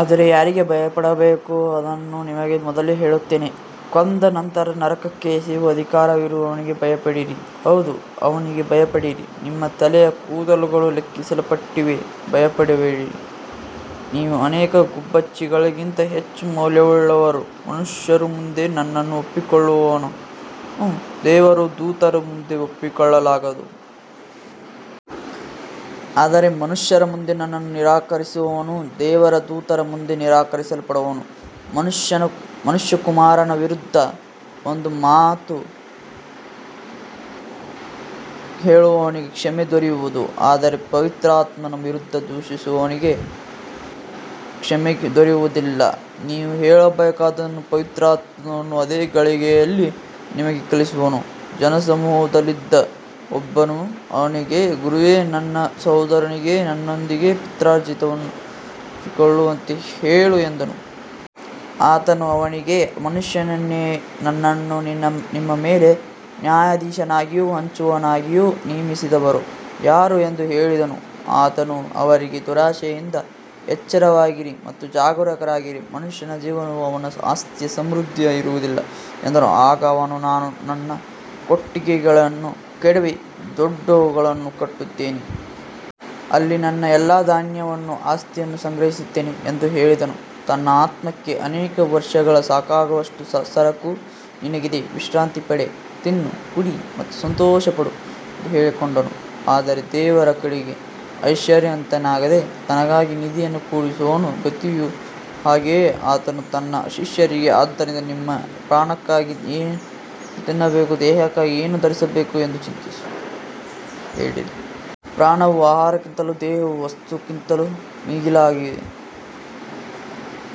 ಆದರೆ ಯಾರಿಗೆ ಭಯಪಡಬೇಕೋ ಅದನ್ನು ನಿಮಗೆ ಮೊದಲೇ ಹೇಳುತ್ತೇನೆ. ಕೊಂದ ನಂತರ ನರಕಕ್ಕೆ ಎಸೆಯುವ ಅಧಿಕಾರವಿರುವವನಿಗೆ ಭಯಪಡಿರಿ. ಹೌದು, ಅವನಿಗೆ ಭಯಪಡಿರಿ. ನಿಮ್ಮ ತಲೆಯ ಕೂದಲುಗಳೂ ಲೆಕ್ಕಿಸಲ್ಪಟ್ಟಿವೆ. ಭಯಪಡಬೇಡಿರಿ, ನೀವು ಅನೇಕ ಗುಬ್ಬಚ್ಚಿಗಳಿಗಿಂತ ಹೆಚ್ಚು ಮೌಲ್ಯವುಳ್ಳವರು. ಮನುಷ್ಯರ ಮುಂದೆ ನನ್ನನ್ನು ಒಪ್ಪಿಕೊಳ್ಳುವವನನ್ನು ದೇವರ ದೂತರ ಮುಂದೆ ಒಪ್ಪಿಕೊಳ್ಳಲಾಗುವುದು. ಆದರೆ ಮನುಷ್ಯರ ಮುಂದೆ ನನ್ನನ್ನು ನಿರಾಕರಿಸುವವನು ದೇವರ ದೂತರ ಮುಂದೆ ನಿರಾಕರಿಸಲ್ಪಡುವನು. ಮನುಷ್ಯಕುಮಾರನ ವಿರುದ್ಧ ಒಂದು ಮಾತು ಹೇಳುವವನಿಗೆ ಕ್ಷಮೆ ದೊರೆಯುವುದು, ಆದರೆ ಪವಿತ್ರಾತ್ಮನ ವಿರುದ್ಧ ದೂಷಿಸುವವನಿಗೆ ಕ್ಷಮೆ ದೊರೆಯುವುದಿಲ್ಲ. ನೀವು ಹೇಳಬೇಕಾದುದನ್ನು ಪವಿತ್ರಾತ್ಮನು ಅದೇ ಗಳಿಗೆಯಲ್ಲಿ ನಿಮಗೆ ಕಲಿಸುವನು. ಜನಸಮೂಹದಲ್ಲಿದ್ದ ಒಬ್ಬನು ಅವನಿಗೆ, ಗುರುವೇ, ನನ್ನ ಸಹೋದರನಿಗೆ ನನ್ನೊಂದಿಗೆ ಪಿತ್ರಾರ್ಜಿತವನ್ನು ಹಂಚಿಕೊಳ್ಳುವಂತೆ ಹೇಳು ಎಂದನು. ಆತನು ಅವನಿಗೆ, ಮನುಷ್ಯನೇ, ನನ್ನನ್ನು ನಿಮ್ಮ ಮೇಲೆ ನ್ಯಾಯಾಧೀಶನಾಗಿಯೂ ಹಂಚುವವನಾಗಿಯೂ ನೇಮಿಸಿದವರು ಯಾರು ಎಂದು ಹೇಳಿದನು. ಆತನು ಅವರಿಗೆ, ದುರಾಶೆಯಿಂದ ಎಚ್ಚರವಾಗಿರಿ ಮತ್ತು ಜಾಗರೂಕರಾಗಿರಿ. ಮನುಷ್ಯನ ಜೀವನವು ಅವನ ಆಸ್ತಿಯ ಸಮೃದ್ಧಿಯಲ್ಲಿ ಇರುವುದಿಲ್ಲ ಎಂದನು. ಆಗ ಅವನು, ನಾನು ನನ್ನ ಕೊಟ್ಟಿಗೆಗಳನ್ನು ಕೆಡವಿ ದೊಡ್ಡವುಗಳನ್ನು ಕಟ್ಟುತ್ತೇನೆ. ಅಲ್ಲಿ ನನ್ನ ಎಲ್ಲಾ ಧಾನ್ಯವನ್ನೂ ಆಸ್ತಿಯನ್ನೂ ಸಂಗ್ರಹಿಸುತ್ತೇನೆ ಎಂದು ಹೇಳಿದನು. ತನ್ನ ಆತ್ಮಕ್ಕೆ, ಅನೇಕ ವರ್ಷಗಳಿಗೆ ಸಾಕಾಗುವಷ್ಟು ಸರಕು ನಿನಗಿದೆ. ವಿಶ್ರಾಂತಿ ಪಡೆ, ತಿನ್ನು, ಕುಡಿ ಮತ್ತು ಸಂತೋಷಪಡು ಎಂದು ಹೇಳಿಕೊಂಡನು. ಆದರೆ ದೇವರ ಕಡೆಗೆ ಐಶ್ವರ್ಯವಂತನಾಗದೆ ತನಗಾಗಿ ನಿಧಿಯನ್ನು ಕೂಡಿಸುವವನ ಗತಿಯೂ ಹಾಗೆಯೇ. ಆತನು ತನ್ನ ಶಿಷ್ಯರಿಗೆ, ಆದ್ದರಿಂದ ನಿಮ್ಮ ಪ್ರಾಣಕ್ಕಾಗಿ ಏನು ತಿನ್ನಬೇಕು, ದೇಹಕ್ಕಾಗಿ ಏನು ಧರಿಸಬೇಕು ಎಂದು ಚಿಂತಿಸಬೇಡಿರಿ. ಪ್ರಾಣವು ಆಹಾರಕ್ಕಿಂತಲೂ ದೇಹವು ವಸ್ತ್ರಕ್ಕಿಂತಲೂ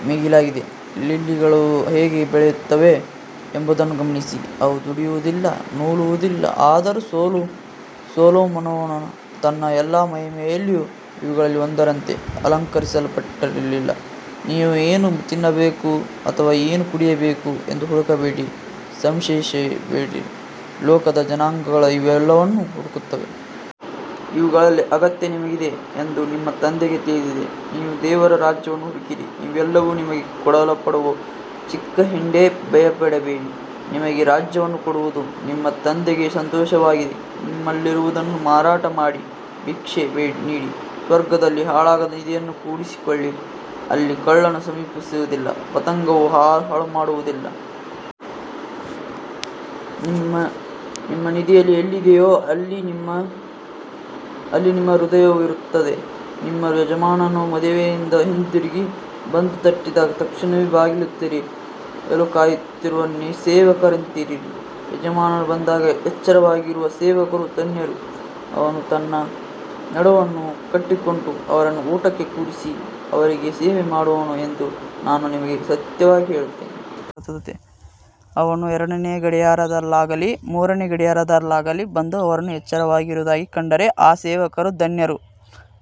ಮಿಗಿಲಾಗಿದೆ. ಲಿಲ್ಲಿಗಳು ಹೇಗೆ ಬೆಳೆಯುತ್ತವೆ ಎಂಬುದನ್ನು ಗಮನಿಸಿ. ಅವು ದುಡಿಯುವುದಿಲ್ಲ, ನೂಲುವುದಿಲ್ಲ. ಆದರೂ ಸೊಲೊಮೋನನು ತನ್ನ ಎಲ್ಲಾ ಮಹಿಮೆಯಲ್ಲಿಯೂ ಇವುಗಳಲ್ಲಿ ಒಂದರಂತೆ ಅಲಂಕರಿಸಲ್ಪಟ್ಟಿರಲಿಲ್ಲ. ನೀವು ಏನು ತಿನ್ನಬೇಕು ಅಥವಾ ಏನು ಕುಡಿಯಬೇಕು ಎಂದು ಹುಡುಕಬೇಡಿರಿ, ಸಂಶಯಿಸಬೇಡಿರಿ. ಲೋಕದ ಜನಾಂಗಗಳು ಇವೆಲ್ಲವನ್ನೂ ಹುಡುಕುತ್ತವೆ. ಇವುಗಳ ಅಗತ್ಯ ನಿಮಗಿದೆ ಎಂದು ನಿಮ್ಮ ತಂದೆಗೆ ತಿಳಿದಿದೆ. ನೀವು ದೇವರ ರಾಜ್ಯವನ್ನು ಹುಡುಕಿರಿ, ಇವೆಲ್ಲವೂ ನಿಮಗೆ ಕೊಡಲ್ಪಡುವವು. ಚಿಕ್ಕ ಹಿಂಡೇ, ಭಯಪಡಬೇಡ. ನಿಮಗೆ ರಾಜ್ಯವನ್ನು ಕೊಡುವುದು ನಿಮ್ಮ ತಂದೆಗೆ ಸಂತೋಷವಾಗಿದೆ. ನಿಮ್ಮಲ್ಲಿರುವುದನ್ನು ಮಾರಾಟ ಮಾಡಿ ಭಿಕ್ಷೆ ನೀಡಿ. ಸ್ವರ್ಗದಲ್ಲಿ ಹಾಳಾಗದ ನಿಧಿಯನ್ನು ಕೂಡಿಸಿಕೊಳ್ಳಿರಿ. ಅಲ್ಲಿ ಕಳ್ಳನು ಸಮೀಪಿಸುವುದಿಲ್ಲ, ಪತಂಗವೂ ಹಾಳುಮಾಡುವುದಿಲ್ಲ. ನಿಮ್ಮ ನಿಧಿ ಎಲ್ಲಿದೆಯೋ ಅಲ್ಲಿ ನಿಮ್ಮ ಹೃದಯವೂ ಇರುತ್ತದೆ. ನಿಮ್ಮ ಯಜಮಾನನು ಮದುವೆಯಿಂದ ಹಿಂದಿರುಗಿ ಬಂದು ತಟ್ಟಿದಾಗ ತಕ್ಷಣವೇ ಬಾಗಿಲು ತೆರೆಯಲು ಕಾಯುತ್ತಿರುವ ಸೇವಕರಂತಿರಿರಿ. ಯಜಮಾನನು ಬಂದಾಗ ಎಚ್ಚರವಾಗಿರುವ ಸೇವಕರು ಧನ್ಯರು. ಅವನು ತನ್ನ ನಡುವನ್ನು ಕಟ್ಟಿಕೊಂಡು ಅವರನ್ನು ಊಟಕ್ಕೆ ಕೂರಿಸಿ ಅವರಿಗೆ ಸೇವೆ ಮಾಡುವನು ಎಂದು ನಾನು ನಿಮಗೆ ಸತ್ಯವಾಗಿ ಹೇಳುತ್ತೇನೆ. ಅವನು ಎರಡನೆಯ ಗಡಿಯಾರದಲ್ಲಾಗಲಿ ಮೂರನೆಯ ಗಡಿಯಾರದಲ್ಲಾಗಲಿ ಬಂದು ಅವರನ್ನು ಎಚ್ಚರವಾಗಿರುವುದಾಗಿ ಕಂಡರೆ ಆ ಸೇವಕರು ಧನ್ಯರು.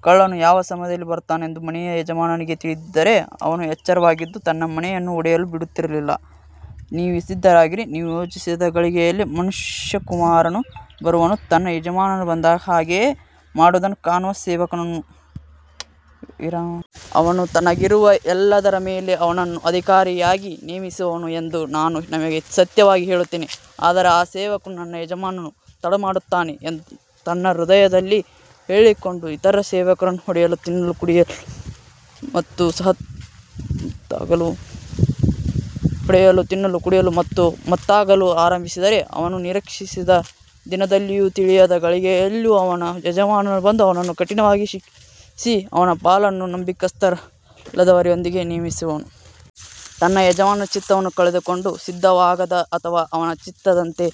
ಕಳ್ಳನು ಯಾವ ಸಮಯದಲ್ಲಿ ಬರುತ್ತಾನೆಂದು ಮನೆಯ ಯಜಮಾನನಿಗೆ ತಿಳಿದಿದ್ದರೆ, ಅವನು ಎಚ್ಚರವಾಗಿದ್ದು ತನ್ನ ಮನೆಯನ್ನು ಒಡೆಯಲು ಬಿಡುತ್ತಿರಲಿಲ್ಲ. ನೀವು ಸಿದ್ಧರಾಗಿರಿ, ನೀವು ಯೋಚಿಸದ ಗಳಿಗೆಯಲ್ಲಿ ಮನುಷ್ಯಕುಮಾರನು ಬರುವನು. ತನ್ನ ಯಜಮಾನನು ಬಂದಾಗ ಹಾಗೆಯೇ ಮಾಡುವುದನ್ನು ಕಾಣುವ ಸೇವಕನು ಧನ್ಯನು. ಅವನು ತನಗಿರುವ ಎಲ್ಲದರ ಮೇಲೆ ಅವನನ್ನು ಅಧಿಕಾರಿಯಾಗಿ ನೇಮಿಸುವನು ಎಂದು ನಾನು ನಿಮಗೆ ಸತ್ಯವಾಗಿ ಹೇಳುತ್ತೇನೆ. ಆದರೆ ಆ ಸೇವಕನು, ನನ್ನ ಯಜಮಾನನು ತಡಮಾಡುತ್ತಾನೆ ಎಂದು ತನ್ನ ಹೃದಯದಲ್ಲಿ ಹೇಳಿಕೊಂಡು ಇತರ ಸೇವಕರನ್ನು ಹೊಡೆಯಲು, ತಿನ್ನಲು, ಕುಡಿಯಲು ಮತ್ತು ಮತ್ತಾಗಲು ಆರಂಭಿಸಿದರೆ, ಅವನು ನಿರೀಕ್ಷಿಸದ ದಿನದಲ್ಲಿಯೂ ತಿಳಿಯದ ಗಳಿಗೆಯಲ್ಲಿಯೂ ಅವನ ಯಜಮಾನನು ಬಂದು ಅವನನ್ನು ಕಠಿಣವಾಗಿ ಶಿಕ್ಷಿಸಿ ಅವನ ಪಾಲನ್ನು ನಂಬಿಗಸ್ತರಲ್ಲದವರೊಂದಿಗೆ ನೇಮಿಸುವನು. ತನ್ನ ಯಜಮಾನನ ಚಿತ್ತವನ್ನು ತಿಳಿದುಕೊಂಡು ಸಿದ್ಧವಾಗದ ಅಥವಾ ಅವನ ಚಿತ್ತದಂತೆ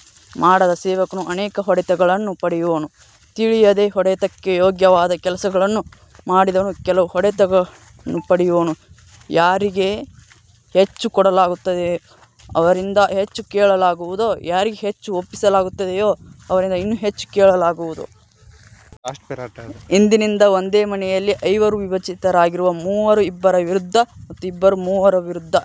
ಮಾಡದ ಸೇವಕನು ಅನೇಕ ಹೊಡೆತಗಳನ್ನು ಪಡೆಯುವನು. ತಿಳಿಯದೆ ಹೊಡೆತಕ್ಕೆ ಯೋಗ್ಯವಾದ ಕೆಲಸಗಳನ್ನು ಮಾಡಿದವನು ಕೆಲವು ಹೊಡೆತಗಳನ್ನು ಪಡೆಯುವನು. ಯಾರಿಗೆ ಹೆಚ್ಚು ಕೊಡಲಾಗುತ್ತದೆಯೋ ಅವರಿಂದ ಹೆಚ್ಚು ಕೇಳಲಾಗುವುದು. ಯಾರಿಗೆ ಹೆಚ್ಚು ಒಪ್ಪಿಸಲಾಗುತ್ತದೆಯೋ ಅವರಿಂದ ಇನ್ನೂ ಹೆಚ್ಚು ಕೇಳಲಾಗುವುದು. ಇಂದಿನಿಂದ ಒಂದೇ ಮನೆಯಲ್ಲಿ ಐವರು ವಿಭಜಿತರಾಗಿರುವರು, ಮೂವರು ಇಬ್ಬರ ವಿರುದ್ಧ ಮತ್ತು ಇಬ್ಬರು ಮೂವರ ವಿರುದ್ಧ.